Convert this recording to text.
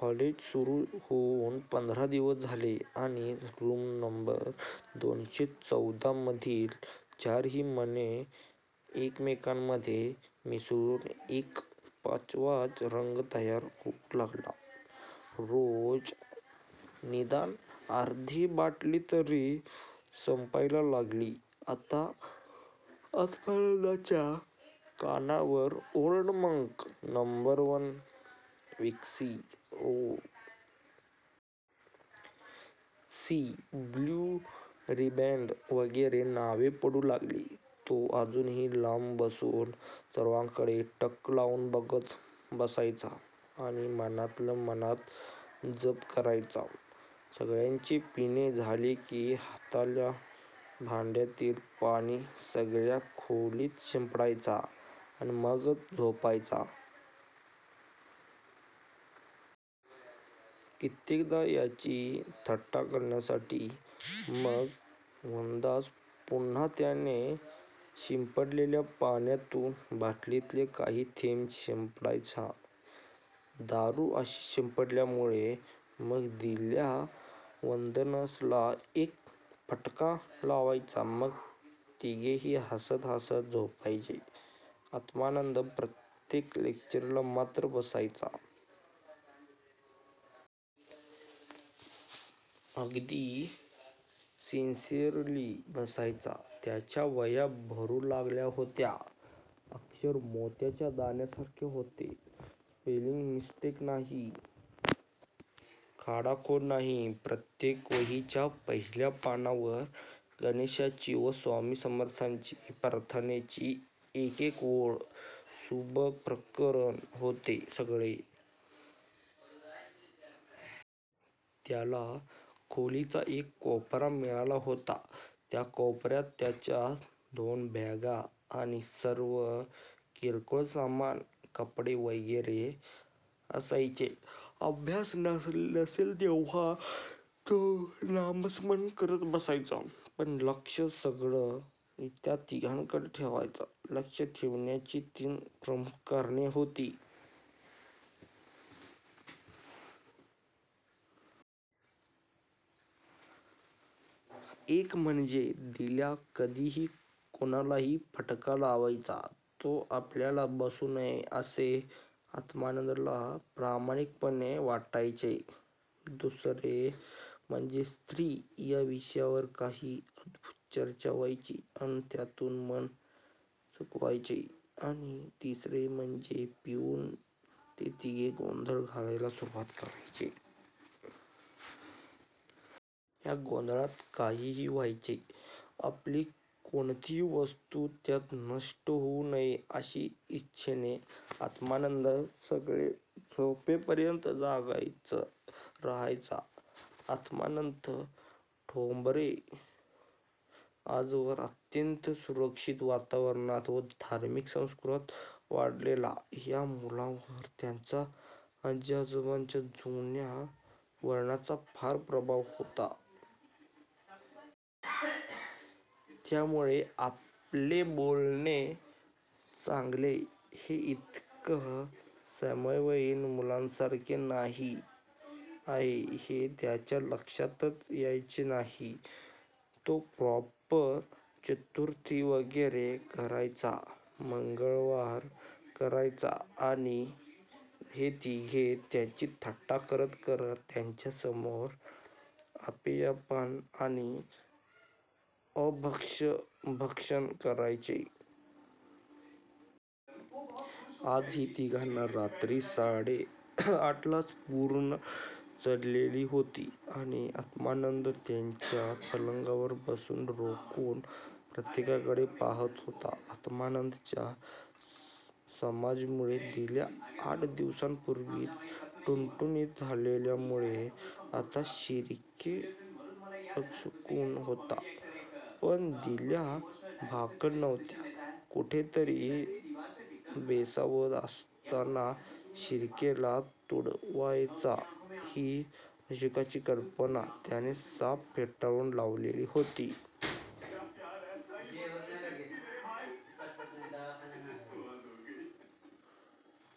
College सुरू होऊन पंधरा दिवस झाले आणि रूम नंबर दोनशे चौदा मधील चारही मने एकमेकांमधे मिसळून एक पाचवाच रंग तयार होऊ लागला. रोज निदान अर्धी बाटली तरी संपायला लागली. आता आत्मानंदच्या कानावर Old Monk, number one whisky, O. C., Blue Riband वगैरे नावे पडू लागली. तो अजूनही लांब बसून सर्वांकडे टक लावून बघत बसायचा आणि मनातल्या मनात जप करायचा. सगळ्यांचे पिणे झाले की हातातल्या भांड्यातील पाणी सगळ्या खोलीत शिंपडायचा अन मगच झोपायचा. कित्येकदा त्याची थट्टा करण्यासाठी मग वनदास पुन्हा त्याने शिंपडलेल्या पाण्यावरून बाटलीतले काही थेंब शिंपडायचा. दारू अशी शिंपडल्यामुळे मग दिल्या वनदासला एक फटका लावायचा. मग तिघेही हसत हसत झोपायचे. आत्मानंद प्रत्येक लेक्चरला मात्र बसायचा. अगदी सिन्सियरली बसायचा. त्याच्या वह्या भरू लागल्या होत्या. अक्षर मोत्याच्या दाण्यांसारखे होते. स्पेलिंग मिसटेक नाही, खाडाखोड नाही. प्रत्येक वहीच्या पहिल्या पानावर गणेशाची व स्वामी समर्थांची प्रार्थनेची एक एक ओळ! सुबक प्रकरण होते सगळे! त्याला खोलीचा एक कोपरा मिळाला होता. त्या कोपर्यात त्याच्या दोन बॅगा आणि सर्व किरकोळ सामान, कपडे वगैरे असायचे. अभ्यास नसेल, तेव्हा तो नामस्मरण करत बसायचा. पण लक्ष सगळं या तिघांकडे ठेवायचा. लक्ष ठेवण्याची तीन प्रमुख कारणे होती. एक म्हणजे दिल्या कधीही कुणालाही फटका लावायचा. तो आपल्याला बसू नये असे आत्मानंदला प्रामाणिकपणे वाटायचे. दुसरे म्हणजे स्त्री या विषयावर काही अद्भुत चर्चा व्हायची अन त्यातून मन सुखवायचे. आणि तिसरे म्हणजे पिऊन ते तिघे गोंधळ घालायला सुरुवात करायचे. या गोंधळात काहीही व्हायचे. आपली कोणतीही वस्तू त्यात नष्ट होऊ नये अशी इच्छेने आत्मानंद सगळे झोपेपर्यंत जागाच राहायचा. आत्मानंद ठोंबरे! आजवर अत्यंत सुरक्षित वातावरणात व धार्मिक संस्कारात वाढलेल्या या मुलावर त्याच्या आजी आजोबांच्या जुन्या वळणाचा फार प्रभाव होता. त्यामुळे आपले बोलणे चालणे हे इतर समवयीन मुलांसारखे नाही आहे हे त्याच्या लक्षातच यायचे नाही. तो प्रॉपर चतुर्थी वगैरे करायचा. मंगळवार करायचा. आणि हे तिघे त्याची थट्टा करत करत त्याच्यासमोर अपेयपान आणि अभक्ष्यभक्षण करायचे. आजही तिघांना रात्री साडे आठलाच पूर्ण चढलेली होती आणि आत्मानंद त्याच्या पलंगावर बसून रोखून प्रत्येकाकडे पाहात होता. आत्मानंदच्या मसाजमुळे दिल्या आठ दिवसांपुर्वीच टुणटुणीत झाल्यामुळे आता शिर्के वचकून होता. पण दिल्या भाकड नव्हता. कुठेतरी बेसावध असताना शिर्केला तुडवायचा ही अशोकची कल्पना त्याने साफ फेटाळून लावलेली होती.